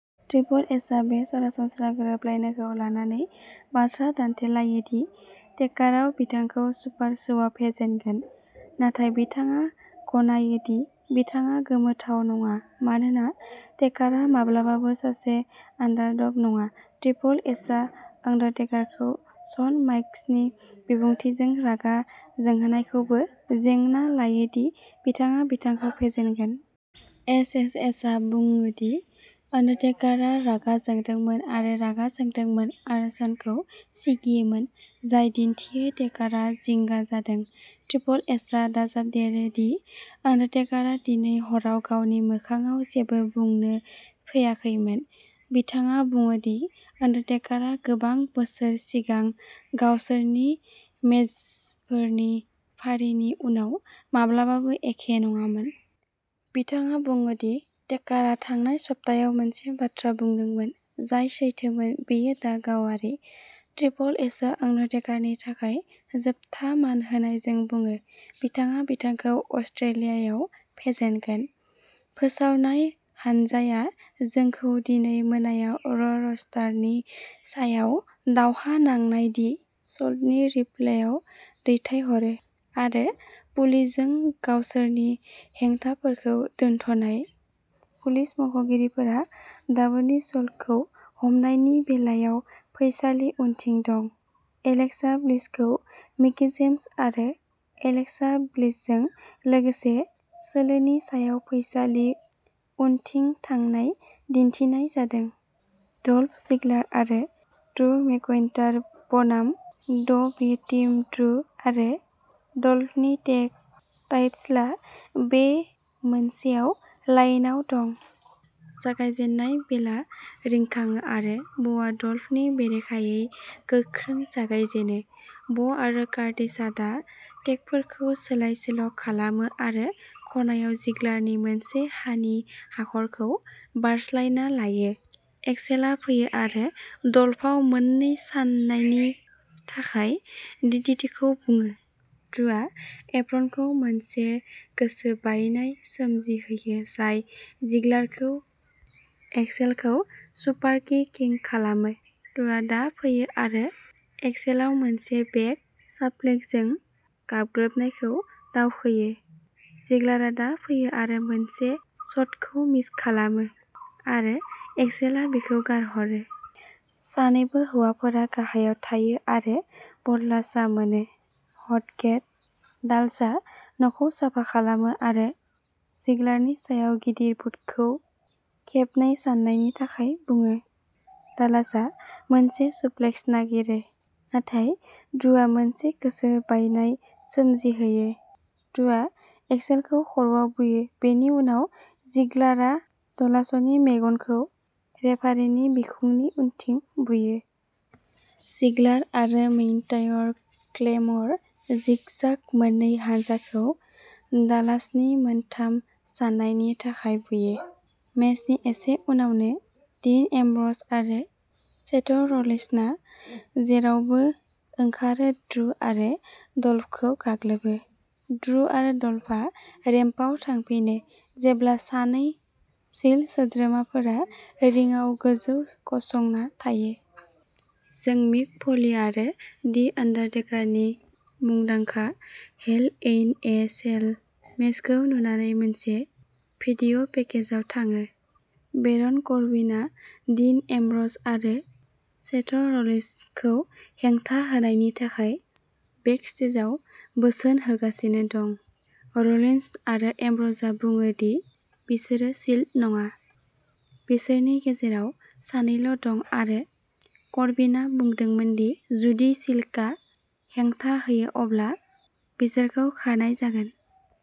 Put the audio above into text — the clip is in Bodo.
ट्रिपल एचआ बे सरासनस्रा गोरोबलायनायखौ लानानै बाथ्रा दानथेलायो दि टेकारआ बिथांखौ सुपार श'आव फेजेनगोन, नाथाय बिथाङा गनायो दि बिथाङा गोमोथाव नङा मानोना टेकारआ माब्लाबाबो सासे आन्डारडग नङा। ट्रिपल एचआ अंडरटेकारखौ श'न माइकल्सनि बिबुंथिजों रागा जोंहोनायखौबो जेंना लायो दि बिथाङा बिथांखौ फेजेनगोन। एचएचएचआ बुङो दि अंडरटेकारआ रागा जोंदोंमोन आरो रागा जोंदोंमोन, आरो श'नखौ सिगियोमोन, जाय दिन्थियो टेकारआ जिंगा जादों। ट्रिपल एचआ दाजाबदेरो दि अंडरटेकारआ दिनै हराव गावनि मोखांआव जेबो बुंनो फैयाखैमोन। बिथाङा बुङो दि अंडरटेकारआ गोबां बोसोर सिगां गावसोरनि मेचफोरनि फारिनि उनाव माब्लाबाबो एखे नङामोन। बिथाङा बुङो दि टेकारआ थांनाय सप्तायाव मोनसे बाथ्रा बुंदोंमोन जाय सैथोमोन बेयो दा गावारि। ट्रिपल एचआ अंडरटेकारनि थाखाय जोबथा मान होनायजों बुङो, बिथाङा बिथांखौ अस्ट्रेलियायाव फेजेनगोन। फोसावनाय हानजाया जोंखौ दिनै मोनायाव र' रस्टारनि सायाव दावहा नांनाय दि शल्डनि रिप्लेआव दैथायहरो, आरो पुलिसजों गावसोरनि हेंथाहोनायखौ दोनथ'नाय। पुलिस मावख'गिरिफोरा दाबो द शल्डखौ हमनायनि बेलायाव फैसालि उनथिं दं। एलेक्सा ब्लिसखौ मिकी जेम्स आरो एलेक्सा ब्लिसजों लोगोसे सोलोनि सायाव फैसालि उनथिं थांनाय दिन्थिनाय जादों। डल्फ जिग्लार आरो ड्रु मैकइन्टायर बनाम द बी टीम ड्रु आरो डल्फनि टेग टाइटस्लाआ बे मोनसेआव लाइनआव दं। जागायजेननाय बेलआ रिंखाङो आरो ब'आ डल्फनि बेरेखायै गोख्रों जागायजेनो। ब' आरो कर्टिसआ दा टेगफोरखौ सोलाय-सोल' खालामो आरो खनायाव जिग्लारनि मोनसे हानि हाखरखौ बारस्लायना लायो। एक्सेलआ फैयो आरो डल्फआव मोननै साननायनि थाखाय डिडिटिखौ बुयो। ड्रुआ एप्रननिफ्राय मोनसे गोसो बायनाय सोमजिहोयो जाय जिग्लारखौ एक्सेलखौ सुपारकि किं खालामो। ड्रुआ दा फैयो आरो एक्सेलआव मोनसे बेक साप्लेक्सजों गाग्लोबनायखौ दावखोयो। जिग्लारआ दा फैयो आरो मोनसे शटखौ मिस खालामो, आरो एक्सेलआ बिखौ गारहरो। सानैबो हौवाफोरा गाहायाव थायो आरो ब'डलासआ मोनो। Hot tag. डालासआ न'खौ साफा खालामो आरो जिगलारनि सायाव गिदिर बुटखौ खेबनै साननायनि थाखाय बुयो। डालासआ मोनसे सुप्लेक्स नागिरो, नाथाय ड्रुआ मोनसे गोसो बायनाय सोमजिहोयो। ड्रुआ एक्सेलखौ खर'आव बुयो, बेनि उनाव जिगलारआ डलासनि मेगनखौ रेफारिनि बिखुंनि उनथिं बुयो। जिगलार आरो मैकइन्टायरआ क्लेमर जिग जाग मोननै हान्जाखौ डालासनि मोनथाम साननायनि थाखाय बुयो। मेचनि एसे उनावनो, डीन एम्ब्र'ज आरो सेथ र'लिन्सआ जेरावबो ओंखारै ड्रु आरो डल्फखौ गाग्लोबो। ड्रु आरो डल्फआ रेम्पआव थांफिनो जेब्ला सानै शील्ड सोद्रोमाफोरा रिंआव गोजौ गसंना थायो। जों मिक फ'ली आरो दि आन्डारटेकारनि मुंदांखा हेल इन ए सेल मेचखौ नुनानै मोनसे भिडिअ'पेकेजाव थाङो। बेरन करबिनआ डीन एम्ब्र'ज आरो सेथ' र'लेसखौ हेंथा होनायनि थाखाय बेकस्टेजआव बोसोन होगासिनो दं। र'लिन्स आरो एम्ब्र'जआ बुङो दि बिसोरो शील्ड नङा, बिसोरनि गेजेराव सानैल' दं, आरो करबिनआ बुंदोंमोन दि जुदि शील्गआ हेंथा होयो अब्ला बिसोरखौ खानाय जागोन।